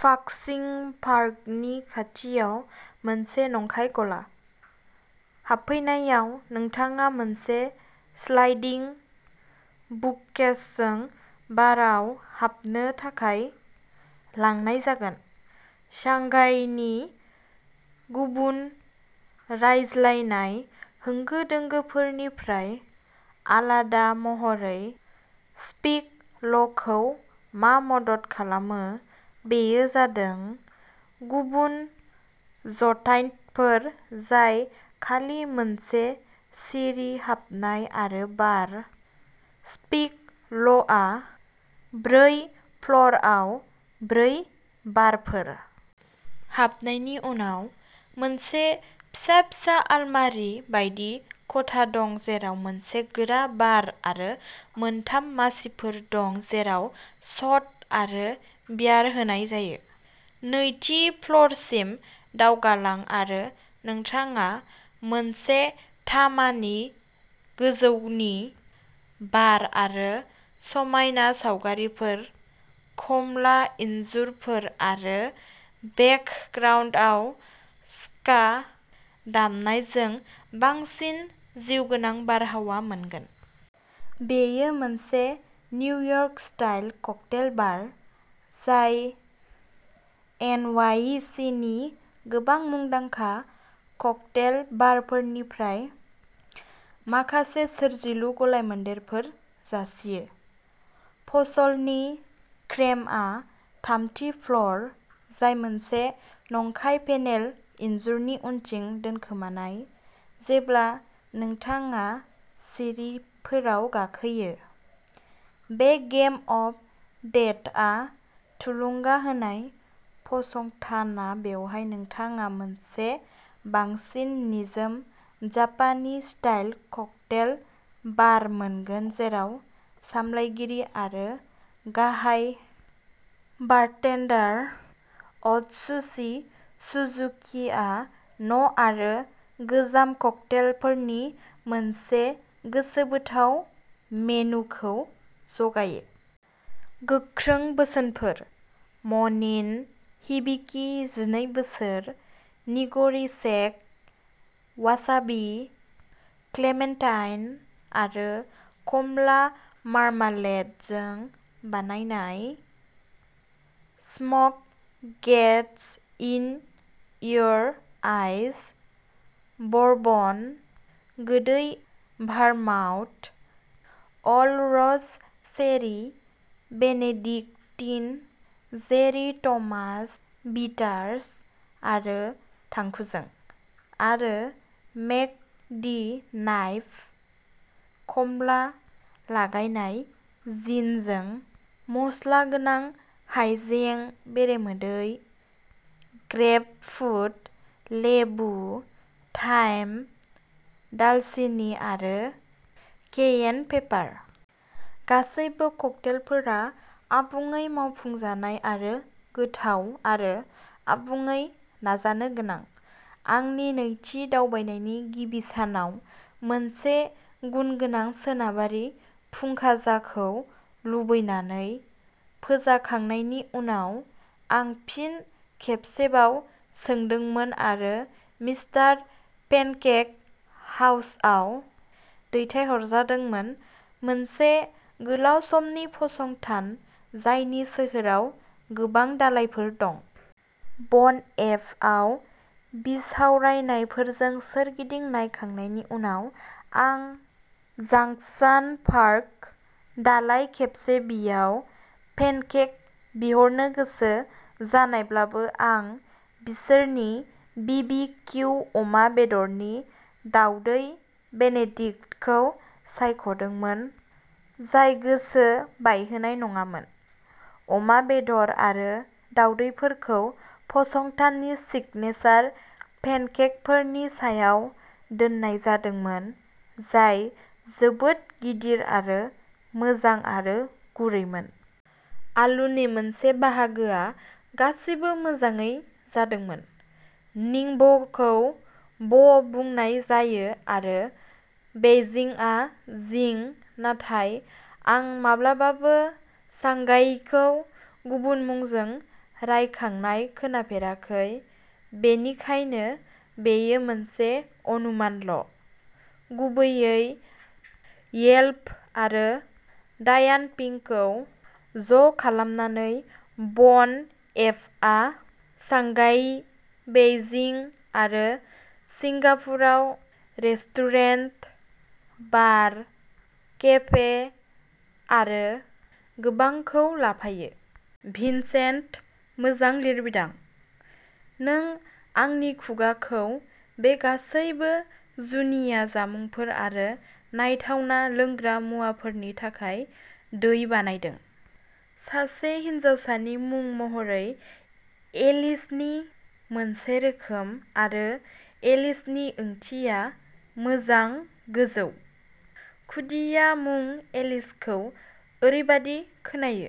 फाक्सिं पार्कनि खाथियाव मोनसे नंखाय गला। हाबफैनायाव, नोंथाङा मोनसे स्लाइडिं बुककेसजों बारआव हाबनो थाखाय लांनाय जागोन। शांघाईनि गुबुन रायज्लायनाय होंगो-दोंगोफोरनिफ्राय आलादा महरै स्पीक ल'खौ मा मदद खालामो, बेयो जादों गुबुन ज'थायन्टफोर जाय खालि मोनसे सिरि हाबनाय आरो बार, स्पीक ल'आ ब्रै फ्ल'रआव ब्रै बारफोर। हाबनायनि उनाव, मोनसे फिसा फिसा आलमारि बायदि खथा दं जेराव मोनसे गोरा बार आरो मोनथाम मासिफोर दं जेराव शट आरो बियार होनाय जायो। नैथि फ्ल'रसिम दावगालां आरो नोंथाङा मोनसे तामानि गोजौनि बार आरो समायना सावगारिफोर, कमला इनजुरफोर आरो बेकग्राउन्दआव स्का दामनायजों बांसिन जिउगोनां बारहावा मोनगोन। बेयो मोनसे निउयर्क-स्टाइल ककटेल बार, जाय एनवाईसीनि गोबां मुंदांखा ककटेल बारफोरनिफ्राय माखासे सोरजिलु गलायमोन्देरफोर जासियो। फसलनि क्रेमआ थामथि फ्ल'र, जाय मोनसे नंखाय पेनेल इनजुरनि उनथिं दोनखोमानाय, जेब्ला नोंथाङा सिरिफोराव गाखोयो। बे गेम अफ डेथआ थुलुंगा होनाय फसंथाना बेवहाय नोंथाङा मोनसे बांसिन निजोम जापानी-स्टाइल ककटेल बार मोनगोन जेराव सामलायगिरि आरो गाहाय बारटेन्डार अत्सुशि सुजुकिआ न'आरो गोजाम ककटेलफोरनि मोनसे गोसोबोथाव मेनुखौ जगायो। गोख्रों बोसोनफोर म'निन हिबिकि जिनै बोसोर, निग'रि सेक, वासाबि, क्लेमेन्टाइन आरो कमला मार्मालेडजों बानायनाय; smoke gets in your eyes, bourbon, गोदै vermouth, oloroso sherry, Benedictine, Jerry Thomas bitters आरो थांखुजों आरो मेक दि नाइफ, खमला-लागायनाय जिनजों, मस्ला गोनां हायजें बेरेमोदै, ग्रेपफ्रुट, लेबु, थाइम, दालसिनि आरो केयेन पेपार। गासैबो ककटेलफोरा आबुङै मावफुंजानाय आरो गोथाव, आरो आबुङै नाजानो गोनां। आंनि नैथि दावबायनायनि गिबि सानाव मोनसे गुनगोनां सोनाबारि फुंखाजाखौ लुबैनानै फोजाखांनायनि उनाव, आं फिन खेबसेबाव सोंदोंमोन आरो मिस्टार पेनकेक हाउसआव दैथायहरजादोंमोन, मोनसे गोलाव समनि फसंथान जायनि सोहोराव गोबां दालायफोर दं। बन एप आव बिसावरायनायफोरजों सोरगिदिं नायखांनायनि उनाव आं झांगशान पार्क दालाय खेबसे बियाव, पेनकेक बिहरनो गोसो जानायब्लाबो आं बिसोरनि बि बि किउ अमा बेदरनि दावदै बेनेडिक्टखौ सायख'दोंमोन, जाय गोसो बायहोनाय नङामोन। अमा बेदर आरो दावदैफोरखौ फसंथाननि सिगनेसार पेनकेकफोरनि सायाव दोननाय जादोंमोन, जाय जोबोद गिदिर आरो मोजां आरो गुरैमोन। आलुनि मोनसे बाहागोआ गासैबो मोजाङै जादोंमोन। निंब'खौ ब बुंनाय जायो आरो बेइजिंआ जिं नाथाय आं माब्लाबाबो सांघाईखौ गुबुन मुंजों रायखांनाय खोनाफेराखै, बेनिखायनो बेयो मोनसे अनुमानल'। गुबैयै येल्प आरो डायानपिंखौ ज'खालामनानै, बन एपआ सांघाई, बेइजिं आरो सिंगापुराव रेस्टुरेन्ट, बार, केफे आरो गोबांखौ लाफायो। भिनसेन्ट मोजां लिरबिदां नों आंनि खुगाखौ बे गासैबो जुनिया जामुंफोर आरो नायथावना लोंग्रा मुवाफोरनि थाखाय दै बानायदों। सासे हिनजावसानि मुं महरै एलिसनि मोनसे रोखोम आरो एलिसनि ओंथिया मोजां, गोजौ। खुदिया मुं एलिसखौ ओरैबादि खोनायो।